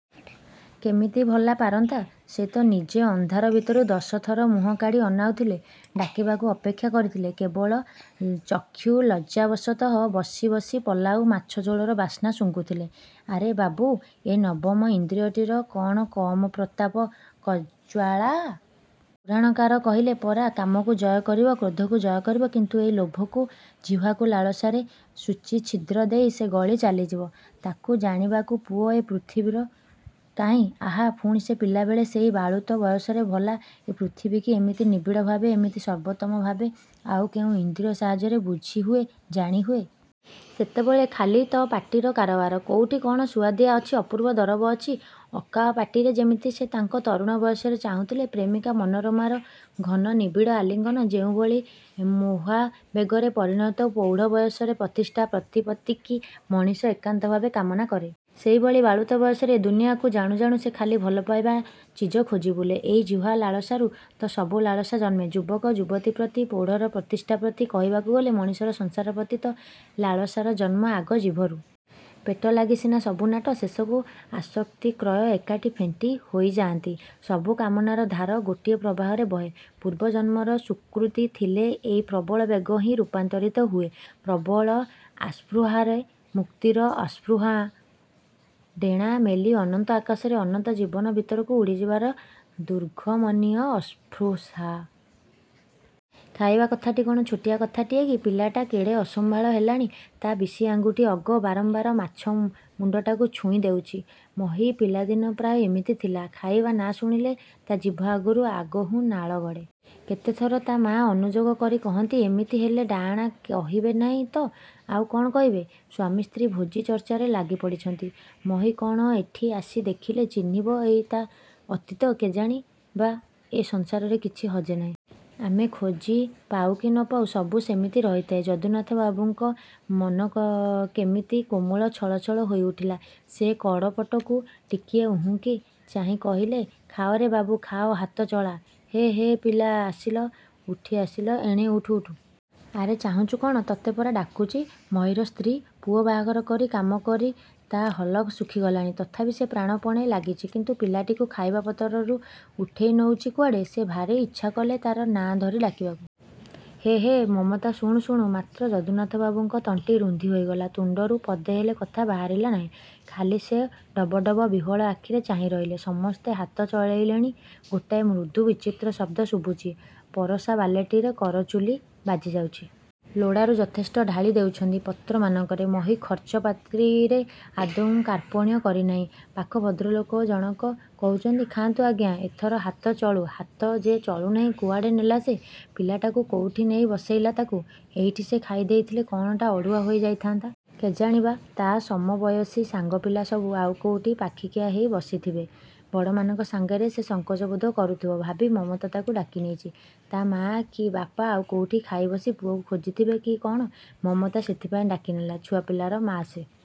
କେମିତି ଭଲା ପାରନ୍ତା -। ସେ'ତ ନିଜେ ଅନ୍ଧାର ଭିତରୁ ଦଶଥର ମୁହଁ କାଢ଼ି ଅନାଉଥିଲେ। ଡାକିବାକୁ ଅପେକ୍ଷା କରିଥିଲେ କେବଳ ଚକ୍ଷୁଲଜ୍ଜାବଶତଃ। ବସି। ବସି ପଲାଉ, ମାଛ ଝୋଳର ବାସ୍ନା ଶୁଘୁଂଥିଲେ। ଆରେ ବାବୁ ଏ ନବମ ଇନ୍ଦ୍ରିୟଟିର କ'ଣ କମ୍ ପ୍ରତାପ କମ୍ଜ୍ୱାଳା। ପୁରାଣକାର କହିଲେ ପରା ''କାମକୁ ଜୟ କରିବ କ୍ରୋଧକୁ ଜୟ କରିବ କିନ୍ତୁ ଏଇ ଲୋଭକୁ? ଜିହ୍ୱା ଲାଳସାରେ ସୂଚିଛିଦ୍ର ଦେଇ ସେ ଗଳି ଚାଲିଯିବ। ତା'କୁ ଜାଣିବାକୁ ପୁଅ ଏ ପୃଥିବୀରେ କାହିଁ? ଆହାଃ ପୁଣି ସେ ପିଲାବେଳେ। ସେଇ ବାଳୁତ ବୟସରେ ଭଲା ଏ ପୃଥିବୀକି ଏମିତି ନିବିଡ଼ଭାବେ ଏମିତି ସର୍ବୋତ୍ତମଭାବେ ଆଉ କେଉଁ ଇନ୍ଦ୍ରିୟ ସାହାଯ୍ୟରେ ବୁଝିହୁଏ ଜାଣିହୁଏ-? ସେତେବେଳେ ଖାଲି ତ ପାଟିର କାରବାର। କୋଉଠି କ'ଣ ସୁଆଦିଆ ଅଛି ଅପୂର୍ବ ଦରବ ଅଛି ପକାଅ ପାଟିରେ। ଯେମିତି ସେ ତାଙ୍କ ତରୁଣ ବୟସରେ ଚାହୁଁଥିଲେ ପ୍ରେମିକା ମନୋରମାର ଘନନିବିଡ଼ ଆଲିଙ୍ଗନ। ଯେଉଁଭଳି ମୋହାବେଗରେ ପରିଣତ ପୌଢ଼ ବୟସରେ ପ୍ରତିଷ୍ଠା ପ୍ରତିପତ୍ତିକି ମଣିଷ ଏକାନ୍ତଭାବେ କାମନା କରେ। ସେଇଭଳି ବାଳୁତ ବୟସରେ, ଏ ଦୁନିଆକୁ ଜାଣୁ ଜାଣୁ ସେ ଖାଲି ଭଲ ଖାଇବା ଚିଜ ଖୋଜିବୁଲେ। ଏଇ ଜିହ୍ୱା ଲାଳସାରୁ ତ ସବୁ ଲାଳସା ଜନ୍ମେ। ଯୁବକ ଯୁବତୀପ୍ରତି, ପୌଢ଼ର ପ୍ରତିଷ୍ଠା ପ୍ରତି, କହିବାକୁ ଗଲେ ମଣିଷର ସଂସାର ପ୍ରତି ତ ଲାଳସାର ଜନ୍ମ ଆଗ ଜିଭରୁ। ପେଟଲାଗି ସିନା ସବୁ ନାଟ। ଶେଷକୁ ଆଶକ୍ତି କ୍ରୟ ଏକାଠି ଫେଣ୍ଟି ହୋଇଯାଆନ୍ତି। ସବୁ କାମନାର ଧାର ଗୋଟିଏ ପ୍ରବାହରେ ବହେ। ପୂର୍ବ ଜନ୍ମର ସୁକୃତି ଥିଲେ ଏଇ ପ୍ରବଳ ବେଗ ହିଁ ରୂପାନ୍ତରିତ ହୁଏ ପ୍ରବଳ ଆସ୍ପୃହାରେ ମୁକ୍ତିର ଆସ୍ପୃହା। ଡେଣା ମେଲି ଅନନ୍ତ ଆକାଶରେ ଅନନ୍ତ ଜୀବନ ଭିତରକୁ ଉଡ଼ିଯିବାର ଦୁର୍ଘମନୀୟ ଆସ୍ଫୃହା। ଖାଇବା କଥାଟି କ'ଣ ଛୋଟିଆ କଥାଟିଏ କି? ପିଲାଟା କେଡ଼େ ଅସମ୍ଭାଳ ହେଲାଣି। ତା' ବିଶି ଆଙ୍ଗୁଠି ଅଗ, ବାରମ୍ୱାର ମାଛ ମୁଣ୍ଡଟାକୁ ଛୁଇଁ ଦେଉଛି। ମହୀ ପିଲାଦିନେ ପ୍ରାୟ ଏମିତି ଥିଲା। ଖାଇବା ନା ଶୁଣିଲେ ତା' ଜିଭ ଅଗରୁ ଆଗହୁଁ ନାଳ ଗଡ଼େ। କେତେଥର ତା' ମାଆ ଅନୁଯୋଗ କରି କହନ୍ତି ''ଏମିତି ହେଲେ ଡାଆଣା କହିବେ ନାହିଁ ତ ଆଉ କ'ଣ କହିବେ? '' ସ୍ୱାମୀ ସ୍ତ୍ରୀ ଭୋଜି ଚର୍ଚ୍ଚାରେ ଲାଗିପଡ଼ିଛନ୍ତି। ମହୀ କ'ଣ ଏଠି ଆସି ଦେଖିଲେ ଚିହ୍ନିବ ଏଇ ତା' ଅତୀତ। କେଜାଣି ବା ଏ ସଂସାରରେ କିଛି ହଜେ ନାହିଁ। ଆମେ ଖୋଜି ପାଉ କି ନ ପାଉ ସବୁ ସେମିତି ରହିଥାଏ। ଯଦୁନାଥବାବୁଙ୍କ ମନ କେମିତି କୋମଳ, ଛଳ ଛଳ ହୋଇଉଠିଲା। ସେ କଡ଼ପଟକୁ ଟିକିଏ ଉହୁଙ୍କି ଚାହିଁ କହିଲେ 'ଖାଅରେ ବାବୁ ଖାଆ ହାତଚଳା। '' ହେ– ହେ– ପିଲା– ଆସିଲ, ଉଠିଆସିଲ ଏଣେ- ଉଠ୍– ଉଠ୍। ଆରେ ଚାହୁଁଚୁ କ'ଣ– ତତେ ପରା ଡାକୁଚି। ମହୀର ସ୍ତ୍ରୀ...। ପୁଅ ବାହାଘର କରି, କାମ କରି କରି ତା' ହଲକ ଶୁଖିଗଲାଣି। ତଥାପି ସେ ପ୍ରାଣ ପଣେ ଲାଗିଚି– କିନ୍ତୁ ପିଲାଟିକୁ ଖାଇବା ପତରରୁ ଉଠେଇ ନଉଚି କୁଆଡ଼େ? ସେ ଭାରି ଇଚ୍ଛାକଲେ ତା'ର ନାଁ ଧରି ଡାକିବାକୁ। ''ହେ– ହେ– ମମତା ଶୁଣୁ– ଶୁଣୁ। ମାତ୍ର ଯଦୁନାଥବାବୁଙ୍କ ତଣ୍ଟି ରୁନ୍ଧି ହୋଇଗଲା। ତୁଣ୍ଡରୁ ପଦେହେଲେ କଥା ବାହାରିଲା ନାହିଁ। ଖାଲି ସେ ଡବ ଡବ ବିହ୍ୱଳ ଆଖିରେ ଚାହିଁରହିଲେ। ସମସ୍ତେ ହାତ ଚଳେଇଲେଣି। ଗୋଟାଏ ମୃଦୁ ବିଚିତ୍ର ଶବ୍ଦ ଶୁଭୁଚି। ପରସା ବାଲଟିରେ କରଚୁଲି ବାଜିଯାଉଛି। ଲୋଡ଼ାରୁ ଯଥେଷ୍ଟ ଢାଳି ଦେଉଛନ୍ତି ପତ୍ରମାନଙ୍କରେ। ମହୀ ଖର୍ଚ୍ଚ ପାତିରେ ଆଦୌ କାର୍ପଣ୍ୟ କରିନାହିଁ। ପାଖ ଭଦ୍ରଲୋକ ଜଣକ କହୁଛନ୍ତି, 'ଖାଆନ୍ତୁ ଆଜ୍ଞା, ଏଥର ହାତଚଳୁ। ହାତ ଯେ ଚଳୁନାହିଁ। କୁଆଡ଼େ ନେଲା ସେ, ପିଲାଟାକୁ, କୋଉଠି ନେଇ ବସେଇଲା ତାକୁ। ଏଇଠି ସେ ଖାଇଦେଇ ଥିଲେ କଣ'ଟା ଅଡ଼ୁଆ ହୋଇ ଯାଇଥାନ୍ତା। '' କେଜାଣି ବା ତା' ସମବୟସୀ ସାଙ୍ଗପିଲା ସବୁ ଆଉ କୋଉଠି ପାଖିକିଆ ହେଇ ବସିଥିବେ? ବଡ଼ମାନଙ୍କ ସାଙ୍ଗରେ ସେ ସଙ୍କୋଚ ବୋଧ କରୁଥିବ ଭାବି ମମତା ତାକୁ ଡାକି ନେଇଛି। ତା' ମାଆ, କି ବାପ ଆଉ କୋଉଠି ଖାଇବସି ପୁଅକୁ ଖୋଜୁଥିବେ କି କ'ଣ? ମମତା ସେଥିପାଇଁ ଡାକି ନେଲା। ଛୁଆ ପିଲାର ମାଆ ସେ।